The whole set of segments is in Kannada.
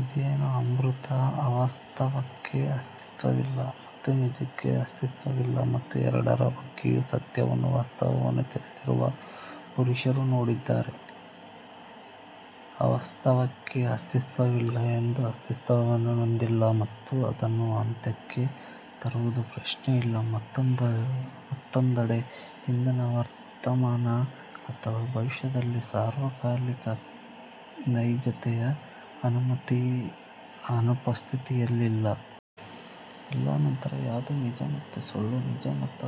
ಇದೇನು ಅಮೃತ. ಅವಾಸ್ತವಕ್ಕೆ ಅಸ್ತಿತ್ವವಿಲ್ಲ ಮತ್ತು ನಿಜಕ್ಕೆ ಅಸ್ತಿತ್ವವಿಲ್ಲ ಮತ್ತು ಎರಡರ ಬಗ್ಗೆಯೂ ಸತ್ಯವನ್ನು ವಾಸ್ತವವನ್ನು ತಿಳಿದಿರುವ ಪುರುಷರು ನೋಡಿದ್ದಾರೆ. ಅವಾಸ್ತವಕ್ಕೆ ಅಸ್ತಿತ್ವವಿಲ್ಲ ಅದು ಅಸ್ತಿತ್ವವನ್ನು ಹೊಂದಿಲ್ಲ ಮತ್ತು ಅದನ್ನು ಅಂತ್ಯಕ್ಕೆ ತರುವುದು ಪ್ರಶ್ನೆಯಿಲ್ಲ. ಮತ್ತೊಂದೆಡೆ ಹಿಂದಿನ ವರ್ತಮಾನ ಅಥವಾ ಭವಿಷ್ಯದಲ್ಲಿ ಸಾರ್ವಕಾಲಿಕ ನೈಜತೆಯ ಅನುಪಸ್ಥಿತಿಯಿಲ್ಲ. ಎಲ್ಲಾ ನಂತರ ಯಾವುದು ನಿಜ ಮತ್ತು ಸುಳ್ಳು ನಿಜ ಮತ್ತು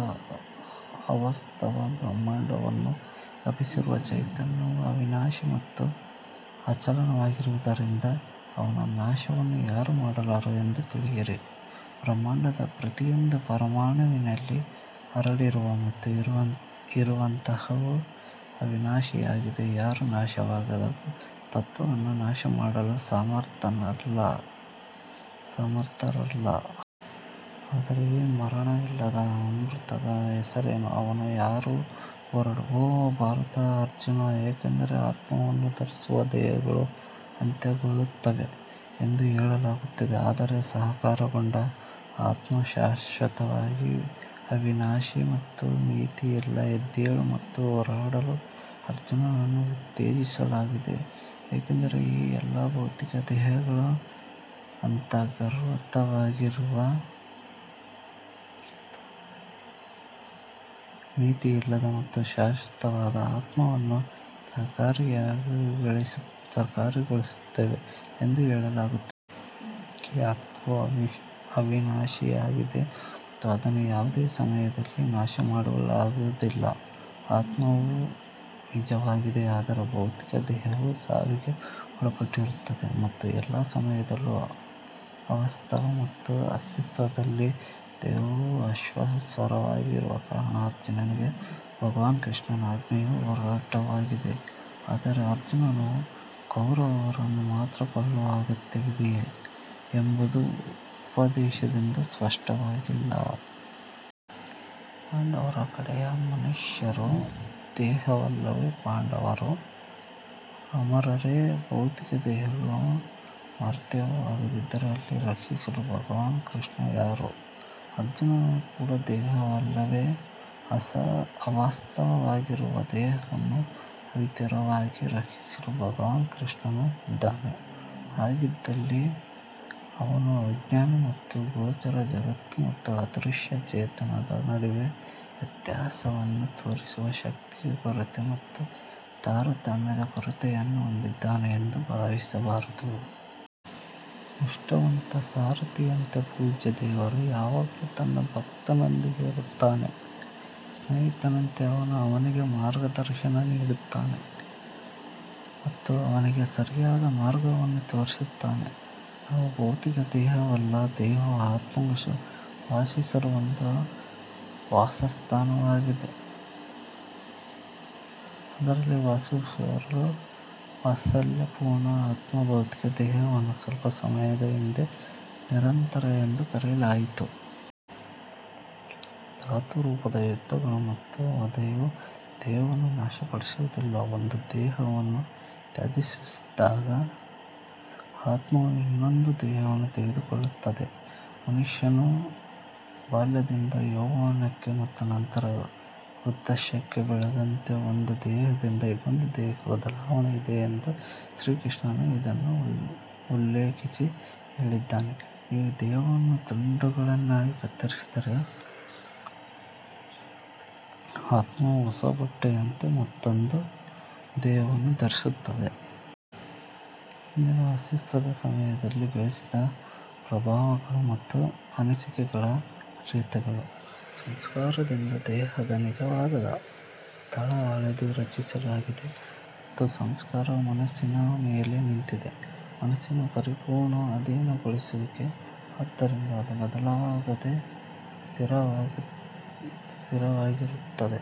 ಅವಾಸ್ತವ. ಬ್ರಹ್ಮಾಂಡವನ್ನು ವ್ಯಾಪಿಸಿರುವ ಚೈತನ್ಯವು ಅವಿನಾಶಿ ಮತ್ತು ಅಚಲವಾಗಿರುವುದರಿಂದ ಅವನ ನಾಶವನ್ನು ಯಾರೂ ಮಾಡಲಾರರು ಎಂದು ತಿಳಿಯಿರಿ. ಬ್ರಹ್ಮಾಂಡದ ಪ್ರತಿಯೊಂದು ಪರಮಾಣುವಿನಲ್ಲಿ ಹರಡಿರುವ ಮತ್ತು ಇರುವಂತಹವು ಅವಿನಾಶಿಯಾಗಿದೆ. ಯಾರೂ ನಾಶವಾಗದ ತತ್ವವನ್ನು ನಾಶಮಾಡಲು ಸಮರ್ಥರಲ್ಲ. ಆದರೆ ಈ ಮರಣವಿಲ್ಲದ ಅಮೃತದ ಹೆಸರೇನು. ಅವನು ಯಾರು. ಹೋರಾಡು ಓ ಭರತ ಅರ್ಜುನ. ಏಕೆಂದರೆ ಆತ್ಮವನ್ನು ಧರಿಸಿರುವ ದೇಹಗಳು ಅಂತ್ಯಗೊಳ್ಳುತ್ತವೆ ಎಂದು ಹೇಳಲಾಗುತ್ತದೆ ಆದರೆ ಸಾಕಾರಗೊಂಡ ಆತ್ಮವು ಶಾಶ್ವತವಾಗಿ ಅವಿನಾಶಿ ಮತ್ತು ಮಿತಿಯಿಲ್ಲ. ಎದ್ದೇಳಲು ಮತ್ತು ಹೋರಾಡಲು ಅರ್ಜುನನನ್ನು ಉತ್ತೇಜಿಸಲಾಗಿದೆ ಏಕೆಂದರೆ ಈ ಎಲ್ಲಾ ಭೌತಿಕ ದೇಹಗಳು ಅಂತರ್ಗತವಾಗಿರುವ ಮಿತಿಯಿಲ್ಲದ ಮತ್ತು ಶಾಶ್ವತವಾದ ಆತ್ಮವನ್ನು ಸಾಕಾರಗೊಳಿಸುತ್ತವೆ ಎಂದು ಹೇಳಲಾಗುತ್ತದೆ. ಈ ಆತ್ಮವು ಅವಿನಾಶಿಯಾಗಿದೆ ಮತ್ತು ಅದನ್ನು ಯಾವುದೇ ಸಮಯದಲ್ಲಿ ನಾಶಮಾಡಲಾಗುವುದಿಲ್ಲ. ಆತ್ಮವು ನಿಜವಾಗಿದೆ ಆದರೆ ಭೌತಿಕ ದೇಹವು ಸಾವಿಗೆ ಒಳಪಟ್ಟಿರುತ್ತದೆ ಮತ್ತು ಎಲ್ಲಾ ಸಮಯದಲ್ಲೂ ಅವಾಸ್ತವ ಮತ್ತು ಅಸ್ತಿತ್ವದಲ್ಲಿಲ್ಲ. ದೇಹವು ನಶ್ವರವಾಗಿರುವ ಕಾರಣ ಅರ್ಜುನನಿಗೆ ಭಗವಾನ್ ಕೃಷ್ಣನ ಆಜ್ಞೆಯು ಹೋರಾಟವಾಗಿದೆ. ಆದರೆ ಅರ್ಜುನನು ಕೌರವರನ್ನು ಮಾತ್ರ ಕೊಲ್ಲುವ ಅಗತ್ಯವಿದೆಯೇ ಎಂಬುದು ಉಪದೇಶದಿಂದ ಸ್ಪಷ್ಟವಾಗಿಲ್ಲ. ಪಾಂಡವರ ಕಡೆಯ ಮನುಷ್ಯರೂ ದೇಹವಲ್ಲವೇ. ಪಾಂಡವರು ಅಮರರೇ. ಭೌತಿಕ ದೇಹಗಳು ಮರ್ತ್ಯವಾಗಿದ್ದರೆ ಅಲ್ಲಿ ರಕ್ಷಿಸಲು ಭಗವಾನ್ ಕೃಷ್ಣ ಯಾರು. ಅರ್ಜುನನು ಕೂಡ ದೇಹವಲ್ಲವೇ. ಅವಾಸ್ತವವಾಗಿರುವ ದೇಹವನ್ನು ಅವಿರತವಾಗಿ ರಕ್ಷಿಸಲು ಭಗವಾನ್ ಕೃಷ್ಣನು ಇದ್ದಾನೆ. ಹಾಗಿದ್ದಲ್ಲಿ ಅವನೂ ಅಜ್ಞಾನಿ ಮತ್ತು ಗೋಚರ ಜಗತ್ತು ಮತ್ತು ಅದೃಶ್ಯ ಚೇತನದ ನಡುವೆ ವ್ಯತ್ಯಾಸವನ್ನು ತೋರಿಸುವ ಶಕ್ತಿಯ ಕೊರತೆ ಮತ್ತು ತಾರತಮ್ಯದ ಕೊರತೆಯನ್ನು ಹೊಂದಿದ್ದಾನೆ ಎಂದು ಭಾವಿಸಬಾರದು. ನಿಷ್ಠಾವಂತ ಸಾರಥಿಯಂತೆ ಪೂಜ್ಯ ದೇವರು ಯಾವಾಗಲೂ ತನ್ನ ಭಕ್ತನೊಂದಿಗೆ ಇರುತ್ತಾನೆ. ಸ್ನೇಹಿತನಂತೆ ಅವನು ಅವನಿಗೆ ಮಾರ್ಗದರ್ಶನ ನೀಡುತ್ತಾನೆ ಮತ್ತು ಅವನಿಗೆ ಸರಿಯಾದ ಮಾರ್ಗವನ್ನು ತೋರಿಸುತ್ತಾನೆ. ನಾವು ಭೌತಿಕ ದೇಹವಲ್ಲ. ದೇಹವು ಆತ್ಮವು ವಾಸಿಸಲು ಒಂದು ವಾಸಸ್ಥಾನವಾಗಿದೆ. ಅದರಲ್ಲಿ ವಾಸಿಸುವವನು ವಾತ್ಸಲ್ಯಪೂರ್ಣ ಆತ್ಮ. ಭೌತಿಕ ದೇಹವನ್ನು ಸ್ವಲ್ಪ ಸಮಯದ ಹಿಂದೆ ನಿರಂತರ ಎಂದು ಕರೆಯಲಾಯಿತು. ಧಾತುರೂಪದ ಯುದ್ಧಗಳು ಮತ್ತು ವಧೆಯು ದೇಹವನ್ನು ನಾಶಪಡಿಸುವುದಿಲ್ಲ. ಒಂದು ದೇಹವನ್ನು ತ್ಯಜಿಸಿದಾಗ ಆತ್ಮವು ಇನ್ನೊಂದು ದೇಹವನ್ನು ತೆಗೆದುಕೊಳ್ಳುತ್ತದೆ. ಮನುಷ್ಯನು ಬಾಲ್ಯದಿಂದ ಯೌವನಕ್ಕೆ ಮತ್ತು ನಂತರ ವೃದ್ಧಾಪ್ಯಕ್ಕೆ ಬೆಳೆದಂತೆ ಒಂದು ದೇಹದಿಂದ ಇನ್ನೊಂದು ದೇಹಕ್ಕೆ ಬದಲಾವಣೆ ಇದೆ ಎಂದು ಶ್ರೀಕೃಷ್ಣನು ಇದನ್ನು ಉಲ್ಲೇಖಿಸಿ ಹೇಳಿದ್ದಾನೆ. ನೀವು ದೇಹವನ್ನು ತುಂಡುಗಳಾಗಿ ಕತ್ತರಿಸಿದರೆ ಆತ್ಮವು ಹೊಸ ಬಟ್ಟೆಯಂತೆ ಮತ್ತೊಂದು ದೇಹವನ್ನು ಧರಿಸುತ್ತದೆ. ಹಿಂದಿನ ಅಸ್ತಿತ್ವದ ಸಮಯದಲ್ಲಿ ಗಳಿಸಿದ ಪ್ರಭಾವಗಳು ಮತ್ತು ಅನಿಸಿಕೆಗಳ ಅರ್ಹತೆಗಳು ಸಂಸ್ಕಾರದಿಂದ ದೇಹದ ನಿಜವಾದ ತಳಹದಿಯನ್ನು ರಚಿಸಲಾಗಿದೆ. ಮತ್ತು ಸಂಸ್ಕಾರವು ಮನಸ್ಸಿನ ಮೇಲೆ ನಿಂತಿದೆ. ಮನಸ್ಸಿನ ಪರಿಪೂರ್ಣ ಅಧೀನಗೊಳಿಸುವಿಕೆ ಇದರಿಂದ ಅದು ಬದಲಾಗದೆ ಸ್ಥಿರವಾಗಿರುತ್ತದೆ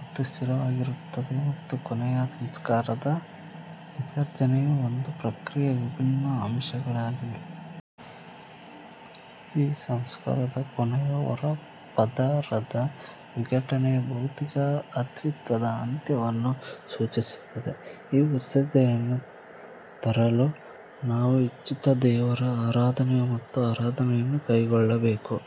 ಮತ್ತು ಸ್ಥಿರವಾಗಿರುತ್ತದೆ ಮತ್ತು ಕೊನೆಯ ಸಂಸ್ಕಾರದ ವಿಸರ್ಜನೆಯು ಒಂದೇ ಪ್ರಕ್ರಿಯೆಯ ವಿಭಿನ್ನ ಅಂಶಗಳಾಗಿವೆ. ಈ ಸಂಸ್ಕಾರದ ಕೊನೆಯ ಹೊರಪದರದ ವಿಘಟನೆಯು ಭೌತಿಕ ಅಸ್ತಿತ್ವದ ಅಂತ್ಯವನ್ನು ಸೂಚಿಸುತ್ತದೆ. ಈ ವಿಸರ್ಜನೆಯನ್ನು ತರಲು ನಾವು ಇಚ್ಛಿತ ದೇವರ ಆರಾಧನೆ ಮತ್ತು ಆರಾಧನೆಯನ್ನು ಕೈಗೊಳ್ಳಬೇಕು.